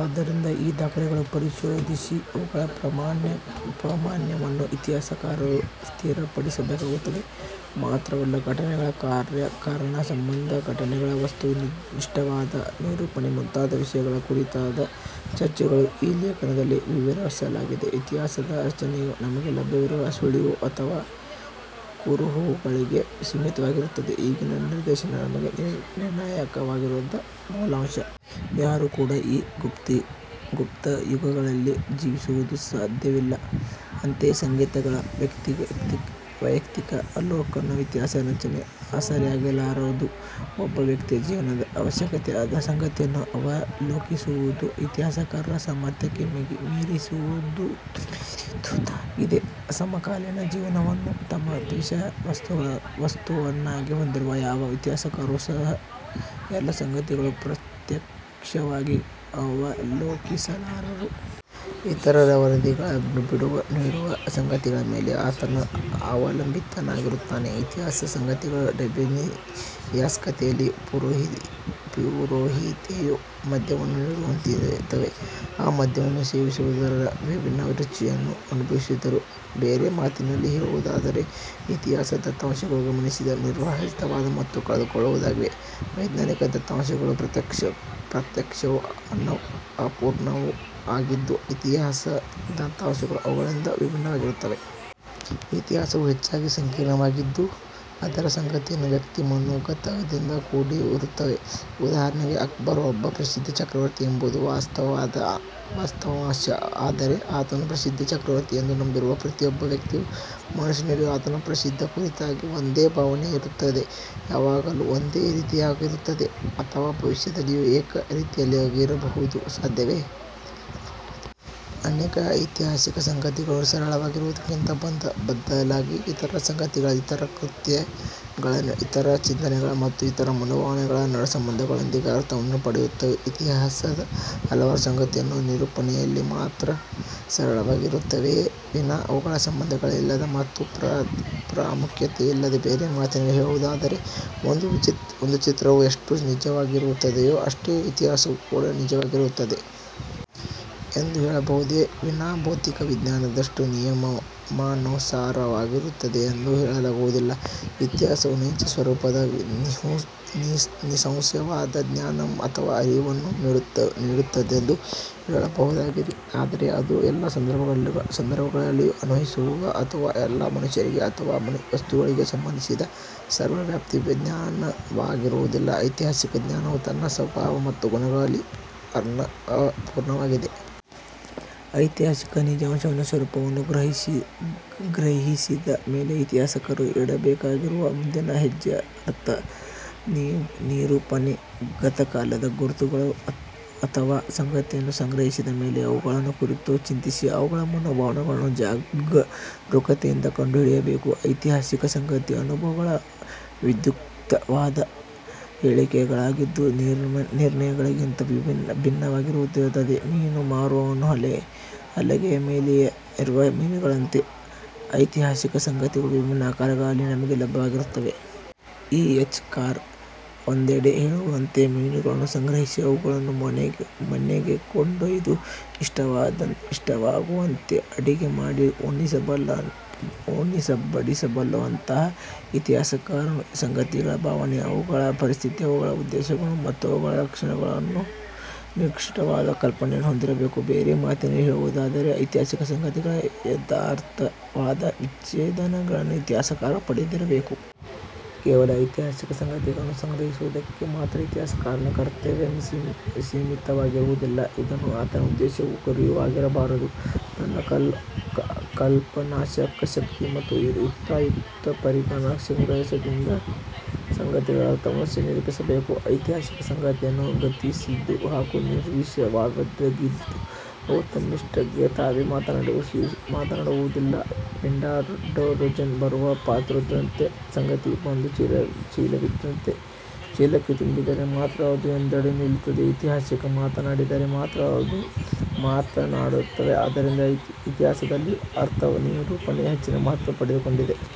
ಆದ್ದರಿಂದ ಈ ದಾಖಲೆಗಳನ್ನು ಪರಿಶೋಧಿಸಿ ಅವುಗಳ ಪ್ರಾಮಾಣ್ಯವನ್ನು ಇತಿಹಾಸಕಾರರು ಸ್ಥಿರಪಡಿಸಬೇಕಾಗುತ್ತದೆ. ಮಾತ್ರವಲ್ಲ, ಘಟನೆಗಳ ಕಾರ್ಯಕಾರಣ ಸಂಬಂಧ, ಘಟನೆಗಳ ವಸ್ತುನಿಷ್ಠವಾದ ನಿರೂಪಣೆ ಮುಂತಾದ ವಿಷಯಗಳನ್ನು ಕುರಿತಾದ ಚರ್ಚೆಗಳನ್ನು ಈ ಲೇಖನದಲ್ಲಿ ವಿವರಿಸಲಾಗಿದೆ. ಇತಿಹಾಸದ ರಚನೆಯು ನಮಗೆ ಲಭ್ಯವಿರುವ ಸುಳಿವು ಅಥವಾ ಕುರುಹುಗಳಿಗೆ ಸೀಮಿತವಾಗಿರುತ್ತದೆ. ಈಗಿನ ನಿದರ್ಶನ ನಮಗೆ ನಿರ್ಣಾಯಕವಾದ ಮೂಲಾಂಶ. ಯಾರೂ ಕೂಡ ಈಗ ಗುಪ್ತಯುಗದಲ್ಲಿ ಜೀವಿಸುವುದು ಸಾಧ್ಯವಿಲ್ಲ. ಅಂತೆಯೇ ಸಂಗತಿಗಳ ವೈಯಕ್ತಿಕ ಅವಲೋಕನ ಇತಿಹಾಸ ರಚನೆಯ ಆಸರೆಯಾಗಲಾರದು. ಒಬ್ಬ ವ್ಯಕ್ತಿಯ ಜೀವನದ ಅವಶ್ಯಕವಾದ ಸಂಗತಿಗಳನ್ನು ಅವಲೋಕಿಸುವುದು ಇತಿಹಾಸಕಾರರ ಸಾಮರ್ಥ್ಯಕ್ಕೆ ಮೀರಿದುದಾಗಿದೆ. ಸಮಕಾಲೀನ ಜೀವನವನ್ನು ತಮ್ಮ ವಿಷಯ ವಸ್ತುವನ್ನಾಗಿ ಹೊಂದಿರುವ ಯಾವ ಇತಿಹಾಸಕಾರರೂ ಎಲ್ಲ ಸಂಗತಿಗಳನ್ನೂ ಪ್ರತ್ಯಕ್ಷವಾಗಿ ಅವಲೋಕಿಸಲಾರರು. ಇತರರ ವರದಿಗಳು ನೀಡುವ ಸಂಗತಿಗಳ ಮೇಲೆ ಆತನು ಅವಲಂಬಿತನಾಗಿರುತ್ತಾನೆ. ಇತಿಹಾಸದ ಸಂಗತಿಗಳು ರೆಬೆನಿಯಾಸ್ ಕಥೆಯಲ್ಲಿ ಪುರೋಹಿತೆಯು ಮದ್ಯವನ್ನು ನೀಡಿದಂತಿರುತ್ತವೆ. ಆ ಮದ್ಯವನ್ನು ಸೇವಿಸಿದವರು ವಿಭಿನ್ನ ರುಚಿಯನ್ನು ಅನುಭವಿಸಿದರು. ಬೇರೆ ಮಾತಿನಲ್ಲಿ ಹೇಳುವುದಾದರೆ ಇತಿಹಾಸದ ದತ್ತಾಂಶಗಳು ಗತಿಸಿದ ನಿರ್ಜೀವವಾದ ಮತ್ತು ಕಳೆದುಹೋದವುಗಳಾಗಿವೆ. ವೈಜ್ಞಾನಿಕ ದತ್ತಾಂಸಗಳು ಪ್ರತ್ಯಕ್ಷವೂ, ಅಪೂರ್ಣವೂ ಆಗಿದ್ದು ಇತಿಹಾಸದ ದತ್ತಾಂಶಗಳು ಅವುಗಳಿಗಿಂತ ವಿಭಿನ್ನವಾಗಿರುತ್ತವೆ. ಇತಿಹಾಸವು ಹೆಚ್ಚಾಗಿ ಸಂಕೀರ್ಣವಾಗಿದ್ದು ಅದರ ಸಂಗತಿಗಳು ವ್ಯಕ್ತಿ ಮನೋಗತದಿಂದ ಕೂಡಿರುತ್ತವೆ. ಉದಾಹರಣೆಗೆ, ಅಕ್ಬರ್ ಒಬ್ಬ ಪ್ರಸಿದ್ದ ಚಕ್ರವರ್ತಿ ಎಂಬುದು ವಾಸ್ತವಾಂಶ. ಆದರೆ, ಆತನು ಪ್ರಸಿದ್ಧ ಚಕ್ರವರ್ತಿ ಎಂದು ನಂಬಿರುವ ಪ್ರತಿಯೊಬ್ಬ ವ್ಯಕ್ತಿಯ ಮನಸ್ಸಿನಲ್ಲಿಯೂ ಆತನ ಪ್ರಸಿದ್ಧಿ ಕುರಿತಾಗಿ ಒಂದೇ ಭಾವನೆ ಇರುತ್ತದೆಯೇ? ಯಾವಾಗಲೂ ಒಂದೇ ರೀತಿಯದಾಗಿತ್ತೆ, ಅಥವಾ ಭವಿಷ್ಯದಲ್ಲಿಯೂ ಏಕ ರೀತಿಯಲ್ಲಿರುವುದು ಸಾಧ್ಯವೇ? ಅನೇಕ ಐತಿಹಾಸಿಕ ಸಂಗತಿಗಳು ಸರಳವಾಗಿರುವುದಕ್ಕಿಂತ ಬದಲಾಗಿ ಇತರ ಸಂಗತಿಗಳ, ಇತರ ಕೃತ್ಯಗಳ, ಇತರ ಚಿಂತನೆಗಳ ಮತ್ತು ಇತರ ಮನೋಭಾವನೆಗಳ ಸಂಬಂಧಗಳೊಂದಿಗೆ ಅರ್ಥವನ್ನು ಪಡೆಯುತ್ತವೆ. ಇತಿಹಾಸದ ಹಲವಾರು ಸಂಗತಿಗಳು ನಿರೂಪಣೆಯಲ್ಲಿ ಮಾತ್ರ ಸರಳವಾಗಿರುತ್ತವೆಯೇ ವಿನಾ ಅವುಗಳ ಸಂಬಂಧಗಳಿಂದಲ್ಲ ಮತ್ತು ಪ್ರಾಮುಖ್ಯತೆಯಿಂದಲ್ಲ. ಬೇರೆ ಮಾತಿನಲ್ಲಿ ಹೇಳುವುದಾದರೆ, ಒಂದು ಚಿತ್ರವು ಎಷ್ಟು ನಿಜವಾದುದಾಗಿರುತ್ತದೆಯೋ ಅಷ್ಟೇ ಇತಿಹಾಸವೂ ಕೂಡ ನಿಜವಾದುದಾಗಿರುತ್ತದೆ. ಎಂದು ಹೇಳಬಹುದೇ ವಿನಾ ಭೌತವಿಜ್ಞಾನದಷ್ಟು ನಿಯಮಾನುಸಾರವಾಗಿರುತ್ತದೆಂದು ಹೇಳಲಾಗುವುದಿಲ್ಲ. ಇತಿಹಾಸವು ನೈಜ ಸ್ವರೂಪದ ನಿಸ್ಸಂಶಯವಾದ ಜ್ಞಾನ ಅಥವಾ ಅರಿವನ್ನು ನೀಡುತ್ತದೆಂದು ಹೇಳಬಹುದಾಗಿದೆ. ಆದರೆ ಅದು ಎಲ್ಲ ಸಂದರ್ಭಗಳಿಗೂ ಅನ್ವಯಿಸುವ ಅಥವ ಎಲ್ಲ ಮನುಷ್ಯರಿಗೆ ಅಥವಾ ವಸ್ತುಗಳಿಗೆ ಸಂಬಂಧಿಸಿದ, ಸರ್ವವ್ಯಾಪಿ ಜ್ಞಾನವಾಗಿರುವುದಿಲ್ಲ. ಐತಿಹಾಸಿಕ ಜ್ಞಾನವು ತನ್ನ ಸ್ವಭಾವ ಮತ್ತು ಗುಣಗಳಲ್ಲಿ ಅಪೂರ್ಣವಾಗಿದೆ. ಐತಿಹಾಸಿಕ ನಿಜಾಂಶಗಳ ಸ್ವರೂಪವನ್ನು ಗ್ರಹಿಸಿದ ಮೇಲೆ ಇತಿಹಾಸಕಾರ ಇಡಬೇಕಾಗಿರುವ ಮುಂದಿನ ಹೆಜ್ಜೆ ಅರ್ಥನಿರೂಪಣೆ. ಗತಕಾಲದ ಗುರುತುಗಳು ಅಥವ ಸಂಗತಿಗಳನ್ನು ಸಂಗ್ರಹಿಸಿದ ಮೇಲೆ ಅವುಗಳನ್ನು ಕುರಿತು ಚಿಂತಿಸಿ ಅವುಗಳ ಮನೋಭಾವವನ್ನು ಜಾಗರೂಕತೆಯಿಂದ ಕಂಡುಹಿಡಿಯಬೇಕು. ಐತಿಹಾಸಿಕ ಸಂಗತಿಗಳು ಅನುಭವಗಳ ವಿಧ್ಯುಕ್ತವಾದ ಹೇಳಿಕೆಗಳಾಗಿದ್ದು ನಿರ್ಣಯಗಳಿಗಿಂತ ಭಿನ್ನವಾದುದಾಗಿರುತ್ತವೆ. ಮೀನು ಮಾರುವವನ ಹಲಗೆಯ ಮೇಲಿರುವ ಮೀನುಗಳಂತೆ ಐತಿಹಾಸಿಕ ಸಂಗತಿಗಳು ವಿಭಿನ್ನ ಆಕಾರಗಳಲ್ಲಿ ನಮಗೆ ಲಭ್ಯವಾಗುತ್ತವೆ. ಇ. ಎಚ್. ಕಾರ್ ಒಂದೆಡೆ ಹೇಳಿರುವಂತೆ, ಮೀನುಗಳನ್ನು ಸಂಗ್ರಹಿಸಿ, ಅವುಗಳನ್ನು ಮನೆಗೆ ಕೊಂಡೊಯ್ದು ಇಷ್ಟವಾಗುವಂತೆ ಅಡಿಗೆ ಮಾಡಿ ಉಣಬಡಿಸುವಂತಲ್ಲ ಇತಿಹಾಸಕಾರನು ಸಂಗತಿಗಳ ಭಾವನೆ ಅವುಗಳ ಪರಿಸ್ಥಿತಿ ಅವುಗಳ ಉದ್ದೇಶಗಳು ಮತ್ತು ಅವುಗಳು ಲಕ್ಷಣಗಳ ನಿಷ್ಕೃಷ್ಟವಾದ ಕಲ್ಪನೆಯನ್ನು ಹೊಂದಿರಬೇಕು. ಬೇರೆ ಮಾತಿನಲ್ಲಿ ಹೇಳುವುದಾದರೆ. ಐತಿಹಾಸಿಕ ಸಂಗತಿಗಳ ಯಥಾರ್ಥ ವಾದ ವಿವೇಚನೆಯನ್ನು ಇತಿಹಾಸಕಾರ ಪಡೆದಿರಬೇಕು. ಕೇವಲ ಐತಿಹಾಸಿಕ ಸಂಗತಿಗಳನ್ನು ಸಂಗ್ರಹಿಸುವುದಕ್ಕೆ ಮಾತ್ರ ಇತಿಹಾಸಕಾರನ ಕರ್ತವ್ಯ ಸೀಮಿತವಾಗಿರುವುದಿಲ್ಲ. ಇದು ಆತನ ಉದ್ದೇಶವೂ, ಗುರಿಯೂ ಆಗಿರಬಾರದು. ತನ್ನ ಕಲ್ಪನಾಶಕ್ತಿ ಮತ್ತು ಯುಕ್ತಾಯುಕ್ತ ಪರಿಜ್ಞಾನದಿಂದ ಸಂಗ್ರಹಿಸಿದ ಸಂಗತಿಗಳ ಅರ್ಥವನ್ನು ನಿರೂಪಿಸಬೇಕು. ಐತಿಹಾಸಿಕ ಸಂಗತಿಗಳು ಗತಿಸಿದ್ದು ಹಾಗೂ ನಿರ್ಜೀವವಾದವಾಗಿದ್ದು ಅವು ತಮ್ಮಷ್ಟಿಗೆ ತಾವೇ ಮಾತನಾಡುವುದಿಲ್ಲ. ಪಿರಾಂಡಲ್ಲೊನಲ್ಲಿ ಬರುವ ಪಾತ್ರವೊಂದರಂತೆ, ಸಂಗತಿ ಒಂದು ಚೀಲವಿದ್ದಂತೆ ಚೀಲಕ್ಕೆ ತುಂಬಿದರೆ ಮಾತ್ರ ಅದು ಎದ್ದು ನಿಲ್ಲುವಂತೆ ಇತಿಹಾಸಕಾರ ಮಾತನಾಡಿಸಿದರೆ ಮಾತ್ರ ಅವು ಮಾತನಾಡುತ್ತವೆ. ಆದ್ದರಿಂದ ಇತಿಹಾಸದಲ್ಲಿ ಅರ್ಥನಿರೂಪಣೆ ಹೆಚ್ಚಿನ ಮಹತ್ವ ಪಡೆದುಕೊಂಡಿದೆ.